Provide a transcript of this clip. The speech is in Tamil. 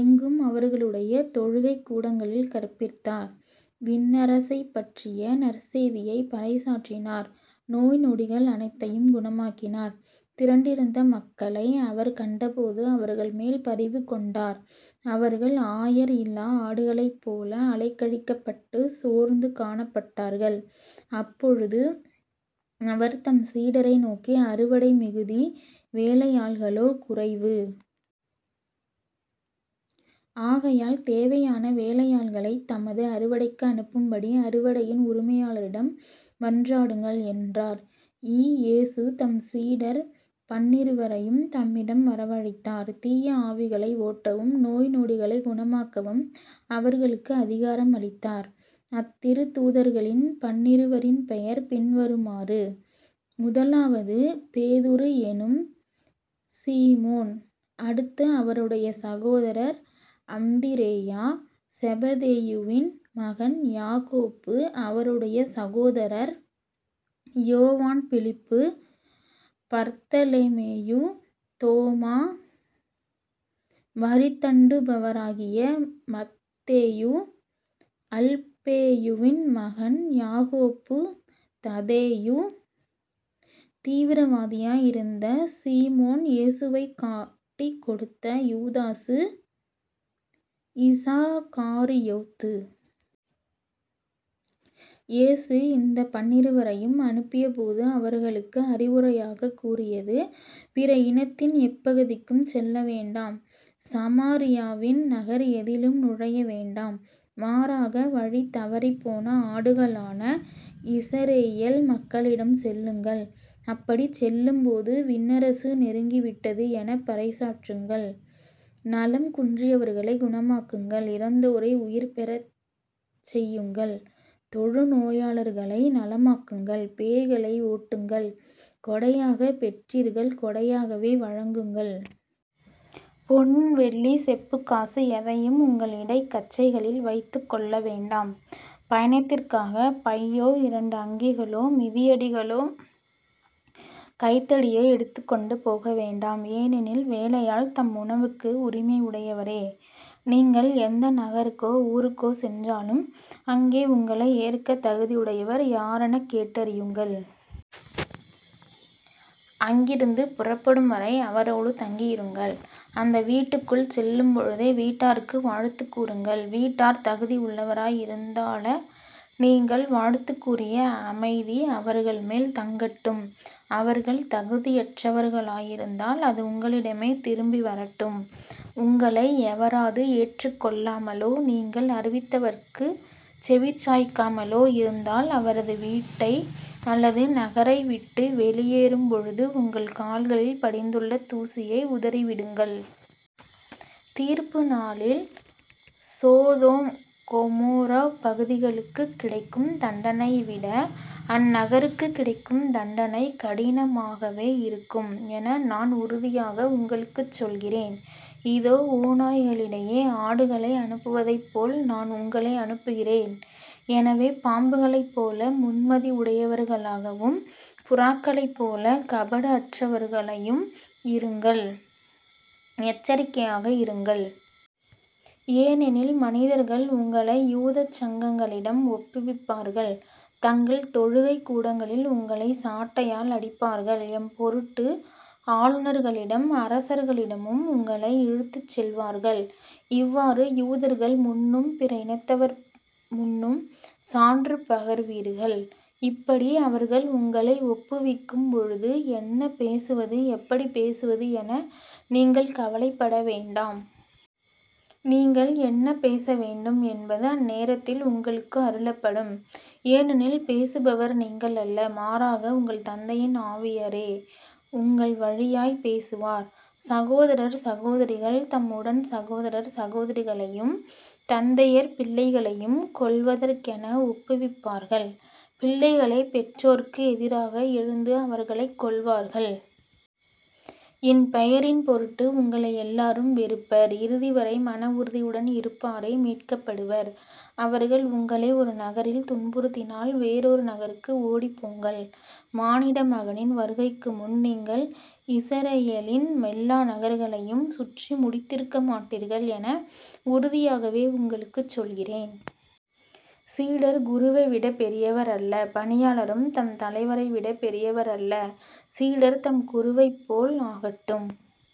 எங்கும் அவர்களுடைய தொழுகைக்கூடங்களில் கற்பித்தார் விண்ணரசைப்பற்றிய நற்செய்தியைப் பறைசாற்றினார் நோய் நொடிகள் அனைத்தையும் குணமாக்கினார். திரண்டிருந்த மக்களை அவர் கண்டபோது அவர்கள் மேல் பரிவுகொண்டார் அவர்கள் ஆயர் இல்லா ஆடுகளைப்போல அலைக்கழிக்கப்பட்டு சோர்ந்து காணப்பட்டார்கள். அப்பொழுது அவர் தம் சீடரை நோக்கி அறுவடை மிகுதி வேலையாள்களோ குறைவு. ஆகையால் தேவையான வேலையாள்களைத் தமது அறுவடைக்கு அனுப்பும்படி அறுவடையின் உரிமையாளிடம் மன்றாடுங்கள் என்றார். ஈ. இயேசு தம் சீடர் பன்னிருவரையும் தம்மிடம் வரவழைத்தார். தீய ஆவிகளை ஓட்டவும், நோய் நொடிகளைக் குணமாக்கவும் அவர்களுக்கு அதிகாரம் அளித்தார். அத்திருத்தூதர்களின் பன்னிருவரின் பெயர் பின்வருமாறு முதலாவது பேதுரு என்னும் சீமோன், அடுத்து அவருடைய சகோதரர் அந்திரேயா செபதேயுவின் மகன் யாக்கோப்பு அவருடைய சகோதரர் யோவான் பிலிப்பு பர்த்தலமேயு தோமா வரிதண்டுபவராகிய மத்தேயு அல்பேயுவின் மகன் யாக்கோப்பு ததேயு தீவிரவாதியாய் இருந்த சீமோன் இயேசுவைக் காட்டிக் கொடுத்த யூதாசு இஸகாரியோத்து. இயேசு இந்தப் பன்னிருவரையும் அனுப்பியபோது அவர்களுக்கு அறிவுரையாகக் கூறியது பிற இனத்தின் எப்பகுதிக்கும் செல்ல வேண்டாம். சமாரியாவின் நகர் எதிலும் நுழைய வேண்டாம். மாறாக வழி தவறினப்போன ஆடுகளான இஸரயேல் மக்களிடமே செல்லுங்கள். அப்படிச் செல்லும்போது" விண்ணரசு நெருங்கி வந்துவிட்டது எனப் பறைசாற்றுங்கள். நலம் குன்றியவர்களைக் குணமாக்குங்கள் இறந்தோரை உயிர் பெற்றெழச் செய்யுங்கள் தொழுநோயாளர்களை நலமாக்குங்கள் பேய்களை ஓட்டுங்கள் கொடையாகப் பெற்றீர்கள் கொடையாகவே வழங்குங்கள். பொன் வெள்ளி செப்புக் காசு எதையும் உங்கள் இடைக் கச்சைகளில் வைத்துக் கொள்ள வேண்டாம். பயணத்திற்காகப் பையோ இரண்டு அங்கிகளோ மிதியடிகளோ கைத்தடியோ எடுத்துக்கொண்டு போக வேண்டாம். ஏனெனில் வேலையாள் தம் உணவுக்கு உரிமை உடையவரே. நீங்கள் எந்த நகருக்கோ ஊருக்கோ சென்றாலும் அங்கே உங்களை ஏற்கத் தகுதியுடையவர் யாரெனக் கேட்டறியுங்கள். அங்கிருந்து புறப்படும்வரை அவரோடு தங்கியிருங்கள். அந்த வீட்டுக்குள் செல்லும்பொழுதே வீட்டாருக்கு வாழ்த்துக் கூறுங்கள். வீட்டார் தகுதி உள்ளவராய் இருந்தால நீங்கள் வாழ்த்திக் கூறிய அமைதி அவர்கள்மேல் தங்கட்டும் அவர்கள் தகுதியற்றவர்களாயிருந்தால் அது உங்களிடமே திரும்பி வரட்டும். உங்களை எவராவது ஏற்றுக் கொள்ளாமலோ நீங்கள் அறிவித்தவற்றுக்குச் செவிசாய்க்காமலோ இருந்தால் அவரது வீட்டை அல்லது நகரைவிட்டு வெளியேறும்பொழுது உங்கள் கால்களில் படிந்துள்ள தூசியை உதறிவிடுங்கள். தீர்ப்பு நாளில் சோதோம் கொமோராப்பகுதிகளுக்குக் கிடைக்கும் தண்டனையை விட அந்நகருக்குக் கிடைக்கும் தண்டனை கடினமாகவே இருக்கும் என நான் உறுதியாக உங்களுக்குச் சொல்கிறேன். இதோ. ஓநாய்களிடையே ஆடுகளை அனுப்புவதைப்போல நான் உங்களை அனுப்புகிறேன். எனவே பாம்புகளைப்போல முன்மதி உடையவர்களாகவும் புறாக்களைப்போலக் கபடு அற்றவர்களையும் இருங்கள். எச்சரிக்கையாக இருங்கள். ஏனெனில் மனிதர்கள் உங்களை யூதச் சங்கங்களிடம் ஒப்புவிப்பார்கள். தங்கள் தொழுகைக்கூடங்களில் உங்களைச் சாட்டையால் அடிப்பார்கள். என்பொருட்டு ஆளுநர்களிடமும் அரசர்களிடமும் உங்களை இழுத்துச்செல்வார்கள். இவ்வாறு யூதர்கள் முன்னும் பிற இனத்தவர் முன்னும் சான்று பகர்வீர்கள். இப்படி அவர்கள் உங்களை ஒப்புவிக்கும்பொழுது என்ன பேசுவது எப்படிப் பேசுவது என நீங்கள் கவலைப்பட வேண்டாம். நீங்கள் என்ன பேச வேண்டும் என்பது அந்நேரத்தில் உங்களுக்கு அருளப்படும். ஏனெனில் பேசுபவர் நீங்கள் அல்ல. மாறாக, உங்கள் தந்தையின் ஆவியாரே உங்கள் வழியாய்ப் பேசுவார். சகோதரர் சகோதரிகள் தம் உடன் சகோதரர் சகோதரிகளையும் தந்தையர் பிள்ளைகளையும் கொல்வதற்கென ஒப்புவிப்பார்கள். பிள்ளைகளை பெற்றோர்க்கு எதிராக எழுந்து அவர்களைக் கொல்வார்கள். என் பெயரின் பொருட்டு உங்களை எல்லாரும் வெறுப்பர். இறுதிவரை மன உறுதியுடன் இருப்பாரே மீட்கப்படுவர். அவர்கள் உங்களை ஒரு நகரில் துன்புறுத்தினால் வேறொரு நகருக்கு ஓடிப்போங்கள். மானிட மகனின் வருகைக்குமுன் நீங்கள் இஸரயேலின் எல்லா நகர்களையும் சுற்றி முடித்திருக்க மாட்டீர்கள் என உறுதியாகவே உங்களுக்குச் சொல்கிறேன். சீடர் குருவை விடப் பெரியவர் அல்ல. பணியாளரும் தம் தலைவரைவிடப் பெரியவர் அல்ல. சீடர் தம் குருவைப் போல் ஆகட்டும்